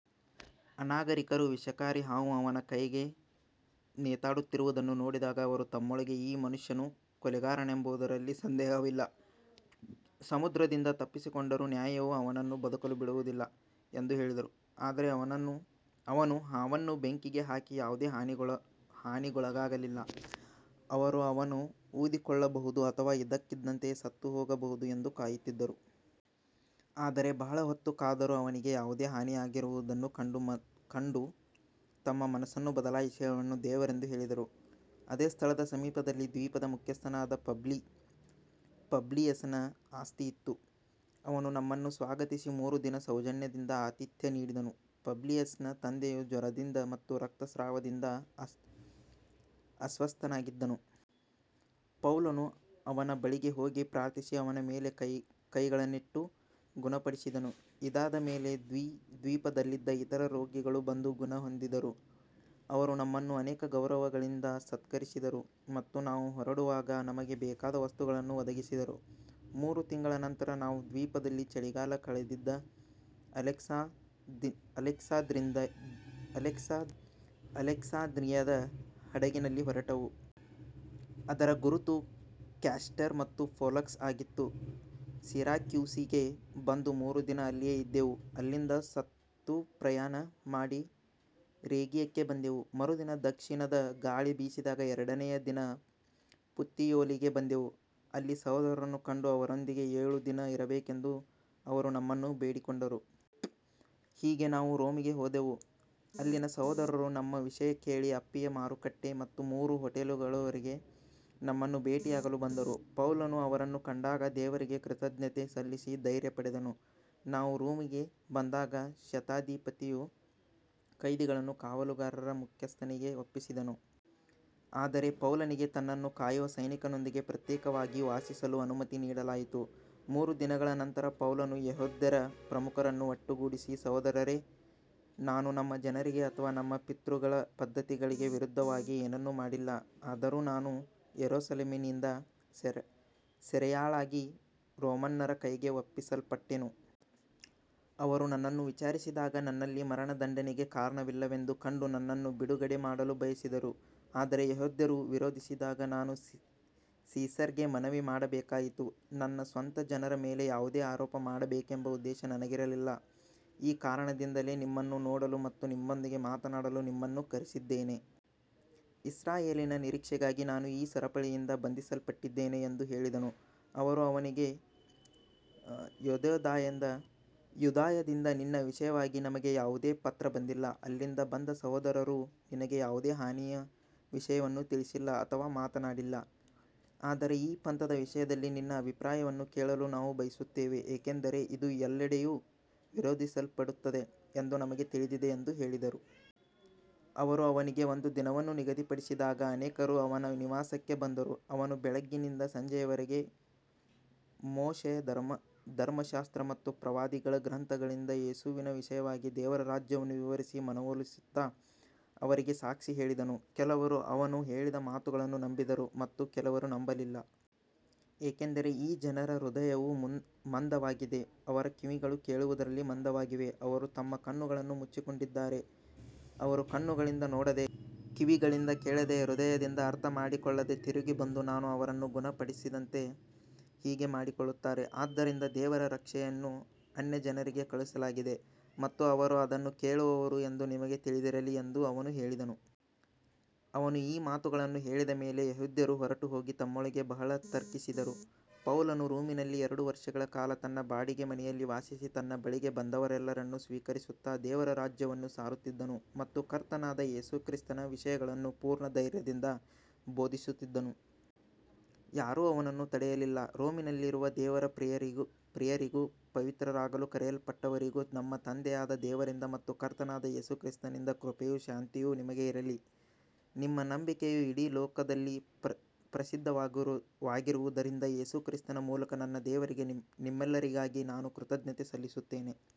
ಅನಾಗರಿಕರು ವಿಷಕಾರಿ ಹಾವು ಅವನ ಕೈಗೆ ನೇತಾಡುತ್ತಿರುವುದನ್ನು ನೋಡಿದಾಗ, ಅವರು ತಮ್ಮೊಳಗೆ, ಈ ಮನುಷ್ಯನು ಕೊಲೆಗಾರನೆಂಬುದರಲ್ಲಿ ಸಂದೇಹವಿಲ್ಲ, ಸಮುದ್ರದಿಂದ ತಪ್ಪಿಸಿಕೊಂಡರೂ ನ್ಯಾಯವು ಅವನನ್ನು ಬದುಕಲು ಬಿಡುವುದಿಲ್ಲ ಎಂದು ಹೇಳಿದರು. ಆದರೆ ಅವನು ಹಾವನ್ನು ಬೆಂಕಿಗೆ ಹಾಕಿ ಯಾವುದೇ ಹಾನಿಗೊಳಗಾಗಲಿಲ್ಲ. ಅವರು ಅವನು ಊದಿಕೊಳ್ಳಬಹುದು ಅಥವಾ ಇದ್ದಕ್ಕಿದ್ದಂತೆ ಸತ್ತುಹೋಗಬಹುದು ಎಂದು ಕಾಯುತ್ತಿದ್ದರು. ಆದರೆ ಬಹಳ ಹೊತ್ತು ಕಾದರೂ ಅವನಿಗೆ ಯಾವುದೇ ಹಾನಿಯಾಗದಿರುವುದನ್ನು ಕಂಡು ತಮ್ಮ ಮನಸ್ಸನ್ನು ಬದಲಾಯಿಸಿ, ಅವನು ದೇವರೆಂದು ಹೇಳಿದರು. ಅದೇ ಸ್ಥಳದ ಸಮೀಪದಲ್ಲಿ ದ್ವೀಪದ ಮುಖ್ಯಸ್ಥನಾದ ಪಬ್ಲಿಯಸನ ಆಸ್ತಿ ಇತ್ತು. ಅವನು ನಮ್ಮನ್ನು ಸ್ವಾಗತಿಸಿ ಮೂರು ದಿನ ಸೌಜನ್ಯದಿಂದ ಆತಿಥ್ಯ ನೀಡಿದನು. ಪಬ್ಲಿಯಸನ ತಂದೆಯು ಜ್ವರದಿಂದ ಮತ್ತು ರಕ್ತಸ್ರಾವದಿಂದ ಅಸ್ವಸ್ಥನಾಗಿದ್ದನು. ಪೌಲನು ಅವನ ಬಳಿಗೆ ಹೋಗಿ ಪ್ರಾರ್ಥಿಸಿ, ಅವನ ಮೇಲೆ ಕೈಗಳನ್ನಿಟ್ಟು ಗುಣಪಡಿಸಿದನು. ಇದಾದ ಮೇಲೆ ದ್ವೀಪದಲ್ಲಿದ್ದ ಇತರ ರೋಗಿಗಳೂ ಬಂದು ಗುಣಹೊಂದಿದರು. ಅವರು ನಮ್ಮನ್ನು ಅನೇಕ ಗೌರವಗಳಿಂದ ಸತ್ಕರಿಸಿದರು ಮತ್ತು ನಾವು ಹೊರಡುವಾಗ ನಮಗೆ ಬೇಕಾದ ವಸ್ತುಗಳನ್ನು ಒದಗಿಸಿದರು. ಮೂರು ತಿಂಗಳ ನಂತರ ನಾವು ದ್ವೀಪದಲ್ಲಿ ಚಳಿಗಾಲ ಕಳೆದಿದ್ದ ಅಲೆಕ್ಸಾಂದ್ರಿಯದ ಹಡಗಿನಲ್ಲಿ ಹೊರಟೆವು. ಅದರ ಗುರುತು ಕ್ಯಾಸ್ಟರ್ ಮತ್ತು ಪೊಲಕ್ಸ್ ಆಗಿತ್ತು. ಸಿರಾಕ್ಯೂಸಿಗೆ ಬಂದು ಮೂರು ದಿನ ಅಲ್ಲಿಯೇ ಇದ್ದೆವು. ಅಲ್ಲಿಂದ ಸುತ್ತುಪ್ರಯಾಣ ಮಾಡಿ ರೇಗಿಯಕ್ಕೆ ಬಂದೆವು. ಮರುದಿನ ದಕ್ಷಿಣದ ಗಾಳಿ ಬೀಸಿದಾಗ ಎರಡನೆಯ ದಿನ ಪುತ್ತಿಯೋಲಿಗೆ ಬಂದೆವು. ಅಲ್ಲಿ ಸಹೋದರರನ್ನು ಕಂಡು ಅವರೊಂದಿಗೆ ಏಳು ದಿನ ಇರಬೇಕೆಂದು ಅವರು ನಮ್ಮನ್ನು ಬೇಡಿಕೊಂಡರು. ಹೀಗೆ ನಾವು ರೋಮಿಗೆ ಹೋದೆವು. ಅಲ್ಲಿನ ಸಹೋದರರು ನಮ್ಮ ವಿಷಯ ಕೇಳಿ ಅಪ್ಪಿಯ ಮಾರುಕಟ್ಟೆ ಮತ್ತು ಮೂರು ಹೋಟೆಲುಗಳವರೆಗೆ ನಮ್ಮನ್ನು ಭೇಟಿಯಾಗಲು ಬಂದರು. ಪೌಲನು ಅವರನ್ನು ಕಂಡಾಗ ದೇವರಿಗೆ ಕೃತಜ್ಞತೆ ಸಲ್ಲಿಸಿ ಧೈರ್ಯ ಪಡೆದನು. ನಾವು ರೋಮಿಗೆ ಬಂದಾಗ ಶತಾಧಿಪತಿಯು ಕೈದಿಗಳನ್ನು ಕಾವಲುಗಾರರ ಮುಖ್ಯಸ್ಥನಿಗೆ ಒಪ್ಪಿಸಿದನು. ಆದರೆ ಪೌಲನಿಗೆ ತನ್ನನ್ನು ಕಾಯುವ ಸೈನಿಕನೊಂದಿಗೆ ಪ್ರತ್ಯೇಕವಾಗಿ ವಾಸಿಸಲು ಅನುಮತಿ ನೀಡಲಾಯಿತು. ಮೂರು ದಿನಗಳ ನಂತರ ಪೌಲನು ಯೆಹೂದ್ಯರ ಪ್ರಮುಖರನ್ನು ಒಟ್ಟುಗೂಡಿಸಿ, ಸಹೋದರರೇ, ನಾನು ನಮ್ಮ ಜನರಿಗೆ ಅಥವಾ ನಮ್ಮ ಪಿತೃಗಳ ಪದ್ಧತಿಗಳಿಗೆ ವಿರುದ್ಧವಾಗಿ ಏನನ್ನೂ ಮಾಡಿಲ್ಲ. ಆದರೂ ನಾನು ಯೆರೂಸಲೇಮಿನಿಂದ ಸೆರೆಯಾಳಾಗಿ ರೋಮನ್ನರ ಕೈಗೆ ಒಪ್ಪಿಸಲ್ಪಟ್ಟೆನು. ಅವರು ನನ್ನನ್ನು ವಿಚಾರಿಸಿದಾಗ ನನ್ನಲ್ಲಿ ಮರಣದಂಡನೆಗೆ ಕಾರಣವಿಲ್ಲವೆಂದು ಕಂಡು ನನ್ನನ್ನು ಬಿಡುಗಡೆ ಮಾಡಲು ಬಯಸಿದರು. ಆದರೆ ಯೆಹೂದ್ಯರು ವಿರೋಧಿಸಿದಾಗ ನಾನು ಸೀಸರ್‌ಗೆ ಮನವಿ ಮಾಡಬೇಕಾಯಿತು. ನನ್ನ ಸ್ವಂತ ಜನರ ಮೇಲೆ ಯಾವುದೇ ಆರೋಪ ಮಾಡಬೇಕೆಂಬ ಉದ್ದೇಶ ನನಗಿರಲಿಲ್ಲ. ಈ ಕಾರಣದಿಂದಲೇ ನಿಮ್ಮನ್ನು ನೋಡಲು ಮತ್ತು ನಿಮ್ಮೊಂದಿಗೆ ಮಾತನಾಡಲು ನಿಮ್ಮನ್ನು ಕರೆಸಿದ್ದೇನೆ. ಇಸ್ರಾಯೇಲಿನ ನಿರೀಕ್ಷೆಗಾಗಿ ನಾನು ಈ ಸರಪಳಿಯಿಂದ ಬಂಧಿಸಲ್ಪಟ್ಟಿದ್ದೇನೆ ಎಂದು ಹೇಳಿದನು. ಅವರು ಅವನಿಗೆ, ಯೂದಾಯದಿಂದ ನಿನ್ನ ವಿಷಯವಾಗಿ ನಮಗೆ ಯಾವುದೇ ಪತ್ರ ಬಂದಿಲ್ಲ, ಅಲ್ಲಿಂದ ಬಂದ ಸಹೋದರರೂ ನಿನಗೆ ಯಾವುದೇ ಹಾನಿಯ ವಿಷಯವನ್ನು ತಿಳಿಸಿಲ್ಲ ಅಥವಾ ಮಾತನಾಡಿಲ್ಲ. ಆದರೆ ಈ ಪಂಥದ ವಿಷಯದಲ್ಲಿ ನಿನ್ನ ಅಭಿಪ್ರಾಯವನ್ನು ಕೇಳಲು ನಾವು ಬಯಸುತ್ತೇವೆ, ಏಕೆಂದರೆ ಇದು ಎಲ್ಲೆಡೆಯೂ ವಿರೋಧಿಸಲ್ಪಡುತ್ತಿದೆ ಎಂದು ನಮಗೆ ತಿಳಿದಿದೆ ಎಂದು ಹೇಳಿದರು. ಅವರು ಅವನಿಗೆ ಒಂದು ದಿನವನ್ನು ನಿಗದಿಪಡಿಸಿದಾಗ ಅನೇಕರು ಅವನ ನಿವಾಸಕ್ಕೆ ಬಂದರು. ಅವನು ಬೆಳಗ್ಗಿನಿಂದ ಸಂಜೆಯವರೆಗೆ ಮೋಶೆಯ ಧರ್ಮಶಾಸ್ತ್ರ ಮತ್ತು ಪ್ರವಾದಿಗಳ ಗ್ರಂಥಗಳಿಂದ ಯೇಸುವಿನ ವಿಷಯವಾಗಿ ದೇವರ ರಾಜ್ಯವನ್ನು ವಿವರಿಸಿ ಮನವೊಲಿಸುತ್ತಾ ಅವರಿಗೆ ಸಾಕ್ಷಿ ಹೇಳಿದನು. ಕೆಲವರು ಅವನು ಹೇಳಿದ ಮಾತುಗಳನ್ನು ನಂಬಿದರು ಮತ್ತು ಕೆಲವರು ನಂಬಲಿಲ್ಲ. ಏಕೆಂದರೆ ಈ ಜನರ ಹೃದಯವು ಮಂದವಾಗಿದೆ, ಅವರ ಕಿವಿಗಳು ಕೇಳುವುದರಲ್ಲಿ ಮಂದವಾಗಿವೆ, ಅವರು ತಮ್ಮ ಕಣ್ಣುಗಳನ್ನು ಮುಚ್ಚಿಕೊಂಡಿದ್ದಾರೆ. ಅವರು ಕಣ್ಣುಗಳಿಂದ ನೋಡದೆ, ಕಿವಿಗಳಿಂದ ಕೇಳದೆ, ಹೃದಯದಿಂದ ಅರ್ಥಮಾಡಿಕೊಳ್ಳದೆ, ತಿರುಗಿ ಬಂದು ನಾನು ಅವರನ್ನು ಗುಣಪಡಿಸದಂತೆ ಹೀಗೆ ಮಾಡಿಕೊಳ್ಳುತ್ತಾರೆ. ಆದ್ದರಿಂದ ದೇವರ ರಕ್ಷಣೆಯನ್ನು ಅನ್ಯಜನರಿಗೆ ಕಳುಹಿಸಲಾಗಿದೆ ಮತ್ತು ಅವರು ಅದನ್ನು ಕೇಳುವರು ಎಂದು ನಿಮಗೆ ತಿಳಿದಿರಲಿ ಎಂದು ಅವನು ಹೇಳಿದನು. ಅವನು ಈ ಮಾತುಗಳನ್ನು ಹೇಳಿದ ಮೇಲೆ ಯೆಹೂದ್ಯರು ಹೊರಟುಹೋಗಿ ತಮ್ಮೊಳಗೆ ಬಹಳ ತರ್ಕಿಸಿದರು. ಪೌಲನು ರೋಮಿನಲ್ಲಿ ಎರಡು ವರ್ಷಗಳ ಕಾಲ ತನ್ನ ಬಾಡಿಗೆ ಮನೆಯಲ್ಲಿ ವಾಸಿಸಿ, ತನ್ನ ಬಳಿಗೆ ಬಂದವರೆಲ್ಲರನ್ನು ಸ್ವೀಕರಿಸುತ್ತಾ, ದೇವರ ರಾಜ್ಯವನ್ನು ಸಾರುತ್ತಿದ್ದನು ಮತ್ತು ಕರ್ತನಾದ ಯೇಸು ಕ್ರಿಸ್ತನ ವಿಷಯಗಳನ್ನು ಪೂರ್ಣ ಧೈರ್ಯದಿಂದ ಬೋಧಿಸುತ್ತಿದ್ದನು. ಯಾರೂ ಅವನನ್ನು ತಡೆಯಲಿಲ್ಲ. ರೋಮಿನಲ್ಲಿರುವ ದೇವರ ಪ್ರಿಯರಿಗೂ ಪವಿತ್ರರಾಗಲು ಕರೆಯಲ್ಪಟ್ಟವರಿಗೂ, ನಮ್ಮ ತಂದೆಯಾದ ದೇವರಿಂದ ಮತ್ತು ಕರ್ತನಾದ ಯೇಸು ಕ್ರಿಸ್ತನಿಂದ ಕೃಪೆಯೂ ಶಾಂತಿಯೂ ನಿಮಗೆ ಇರಲಿ. ನಿಮ್ಮ ನಂಬಿಕೆಯು ಇಡೀ ಲೋಕದಲ್ಲಿ ಪ್ರಸಿದ್ಧವಾಗಿರುವುದರಿಂದ, ಯೇಸು ಕ್ರಿಸ್ತನ ಮೂಲಕ ನನ್ನ ದೇವರಿಗೆ ನಿಮ್ಮೆಲ್ಲರಿಗಾಗಿ ನಾನು ಕೃತಜ್ಞತೆ ಸಲ್ಲಿಸುತ್ತೇನೆ.